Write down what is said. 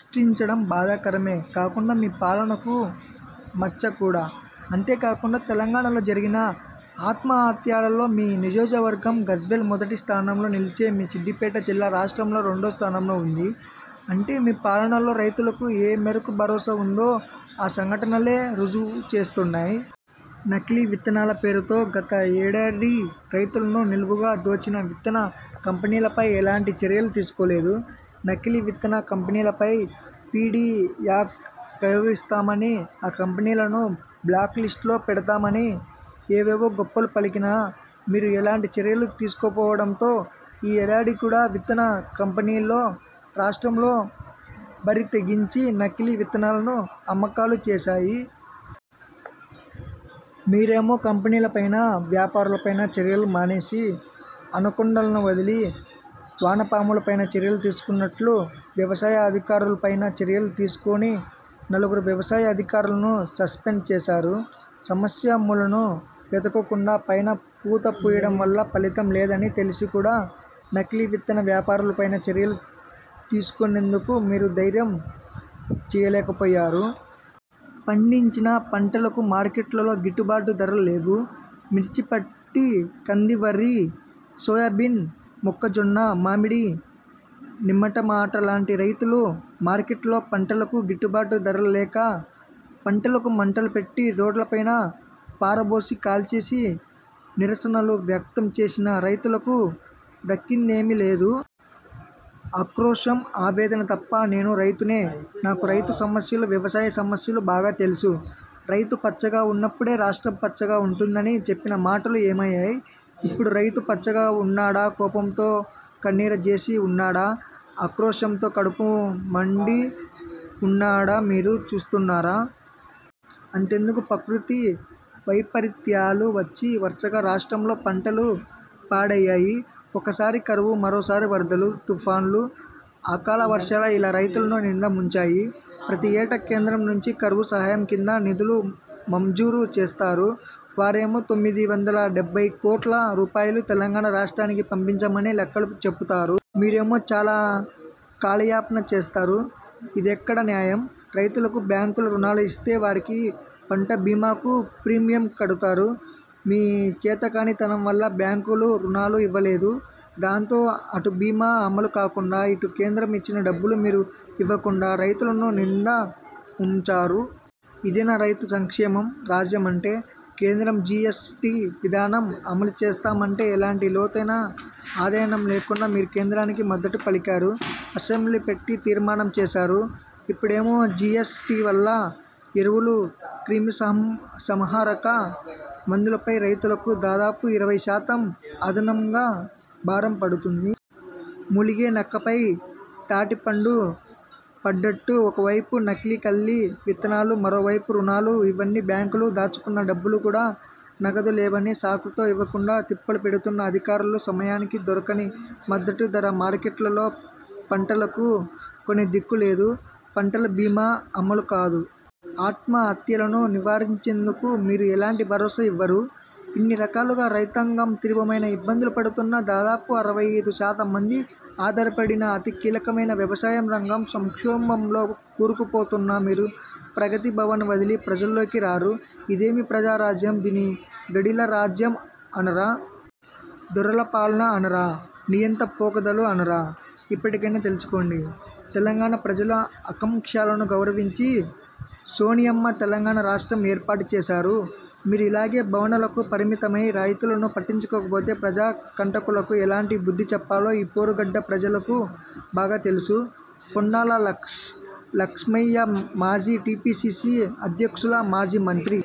సృష్టించడం బాధాకరమే కాకుండా మీ పాలనకు మచ్చ కూడా. అంతేకాకుండా తెలంగాణలో జరిగిన ఆత్మహత్యలలో మీ నియోజకవర్గం గజ్వేల్ మొదటి స్థానంలో నిలిస్తే మీ సిద్దిపేట జిల్లా రాష్ట్రంలో రెండో స్థానంలో ఉంది. అంటే మీ పాలనలో రైతులకు ఏ మేరకు భరోసా ఉందో ఆ సంఘటనలే రుజువు చేస్తున్నాయి. నకిలీ విత్తనాల పేరుతో గత ఏడాది రైతులను నిలువుగా దోచిన విత్తన కంపెనీలపై ఎలాంటి చర్యలు తీసుకోలేదు. నకిలీ విత్తన కంపెనీలపై పి. డి యాక్డు ప్రయోగిస్తామనీ, ఆ కంపెనీలను బ్లాక్ లిస్టులో పెడతామనీ, ఏవేవో గొప్పలు పలికిన మీరు ఎలాంటి చర్యలు తీసుకోకపోవడంతో ఈ ఏడాది కూడా విత్తన కంపెనీలు రాష్ట్రంలో బరితెగించి నకిలీ విత్తనాలు అమ్మకాలు చేశాయి. మీరేమో కంపెనీలపైన, వ్యాపారులపైన చర్యలు మానేసి, అనకొండలను వదిలి, వానపాములపైన చర్యలు తీసుకున్నట్టు, వ్యవసాయ అధికారులపైన చర్యలు తీసుకొని నలుగురు వ్యవసాయ అధికారులను సస్పెండ్ చేశారు. సమస్య మూలలను వెతకకుండా పైన పూత పూయడం వల్ల ఫలితం లేదని తెలిసి కూడా నకిలీ విత్తన వ్యాపారులపైన చర్యలు తీసుకునేందుకు మీరు దైర్యం చేయలేకపోయారు. పండించిన పంటలకు మార్కెట్లలో గిట్టుబాటు ధరలు లేవు. మిర్చి, పత్తి, కంది, వరి, సోయాబీన్, మొక్కజొన్న, మామిడి, నిమ్మ, టమాట లాంటి రైతులు మార్కెట్లలో పంటలకు గిట్టుబాటు ధరలు లేక, పంటలకు మంటలు పెట్టి, రోడ్లపైన పారబోసి, కాల్చేసి నిరసనలు వ్యక్తం చేసినా రైతులకు దక్కిందేమీ లేదు. ఆక్రోశం, ఆవేదన తప్ప. ''నేనూ రైతునే. నాకు రైతు సమస్యలు, వ్యవసాయ సమస్యలు బాగా తెలుసు. రైతు పచ్చగా ఉన్నప్పుడే రాష్ట్రం పచ్చగా ఉంటుం''దని చెప్పిన మాటలు ఏమయ్యాయి. ఇప్పుడు రైతు పచ్చగా ఉన్నాడా, కోపంతో కన్నెర్ర జేసి ఉన్నాడా, ఆక్రోశంతో కడుపు మండి ఉన్నాడామీరు చూస్తున్నరా? అంతెందుకు ప్రకృతి వైపరీత్యాలు వచ్చి వరసగా రాష్ట్రంలో పంటలు పాడయ్యాయి. ఒకసారి కరువు, మరోసారి వరదలు, తుఫానులు, అకాల వర్షాలు ఇలా రైతులను నిండా ముంచాయి. ప్రతి ఏటా కేంద్రం నుంచి కరువు సహాయం కింద నిధులు మంజూరు చేస్తారు. వారేమో తొమ్మిది వందల డెబ్బై కోట్ల రూపాయలు తెలంగాణ రాష్ట్రానికి పంపించామని లెక్కలు చెపుతారు. మీరేమో చాల కాలయాపన చేస్తారు. ఇదెక్కడ న్యాయం? రైతులకు బ్యాంకులు రుణాలు ఇస్తే వారికి పంట బీమాకు ప్రీమియం కడుతారు. మీ చేతకానితనం వల్ల బ్యాంకులు రుణాలు ఇవ్వలేదు. దాంతో అటు బీమా అమలు కాకుండా, ఇటు కేంద్రం ఇచ్చిన డబ్బులు మీరు ఇవ్వకుండా రైతులను నిండా ముంచారు. ఇదేనా రైతు సంక్షేమ రాజ్యం అంటే? కేంద్రం జి. ఎస్. టి విధానం అమలు చేస్తామంటే ఎలాంటి లోతైన అధ్యయనం లేకుండా మీరు కేంద్రానికి మద్దతు పలికారు, అసెంబ్లీ పెట్టి తీర్మానం చేశారు. ఇప్పడేమో జి. ఎస్. టి వల్ల ఎరువులు, క్రిమిసంహారక మందులపై రైతులకు దాదాపు ఇరవై శాతం అదనంగా భారం పడుతుంది. మూలిగే నక్కపై తాటిపండు పడ్డట్టు, ఒకవైపు నకిలీ, కల్తీ విత్తనాలు, మరోవైపు రుణాలు ఇవ్వని బ్యాంకులు, దాచుకున్న డబ్బులు కూడా నగదు లేవనే సాకుతో ఇవ్వకుండా తిప్పలు పెడుతున్న అధికారులు, సమయానికి దొరకని మద్దతు ధర, మార్కెట్లలో పంటలకు కొనే దిక్కులేదు, పంటల బీమా అమలు కాదు. ఆత్మహత్యలను నివారించేందుకు మీరు ఎలాంటి భరోసా ఇవ్వరు, ఇన్ని రకాలుగా రైతాంగం తీవ్రమైన ఇబ్బందులు పడుతున్నా, దాదాపు అరవై ఐదు శాతం మంది ఆధారపడిన అతి కీలకమైన వ్యవసాయం రంగం సంక్షోభంలో కూరుకుపోతున్నా, మీరు ప్రగతిభవన్ వదిలి ప్రజల్లోకి రారు. ఇదేమి ప్రజా రాజ్యం. దీన్ని గడీల రాజ్యం అనరా? దొరల పాలన అనరా? నియంత పోకడలు అనరా? ఇప్పటికైనా తేల్చుకోండి. తెలంగాణ ప్రజల ఆకాంక్షలను గౌరవించి సోనియమ్మ తెలంగాణ రాష్ట్రం ఏర్పాటు చేశారు. మీరు ఇలాగే భవన్లకు పరిమితమై రైతులను పట్టించుకోకపోతే ప్రజా కంటకులకు ఎలాంటి బుద్ధి చెప్పాలో ఈ పోరు గడ్డ ప్రజలకు బాగా తెలుసు. పొన్నాల లక్ష్మయ్యమాజీ టిపిసిసి అధ్యక్షులు, మాజీ మంత్రి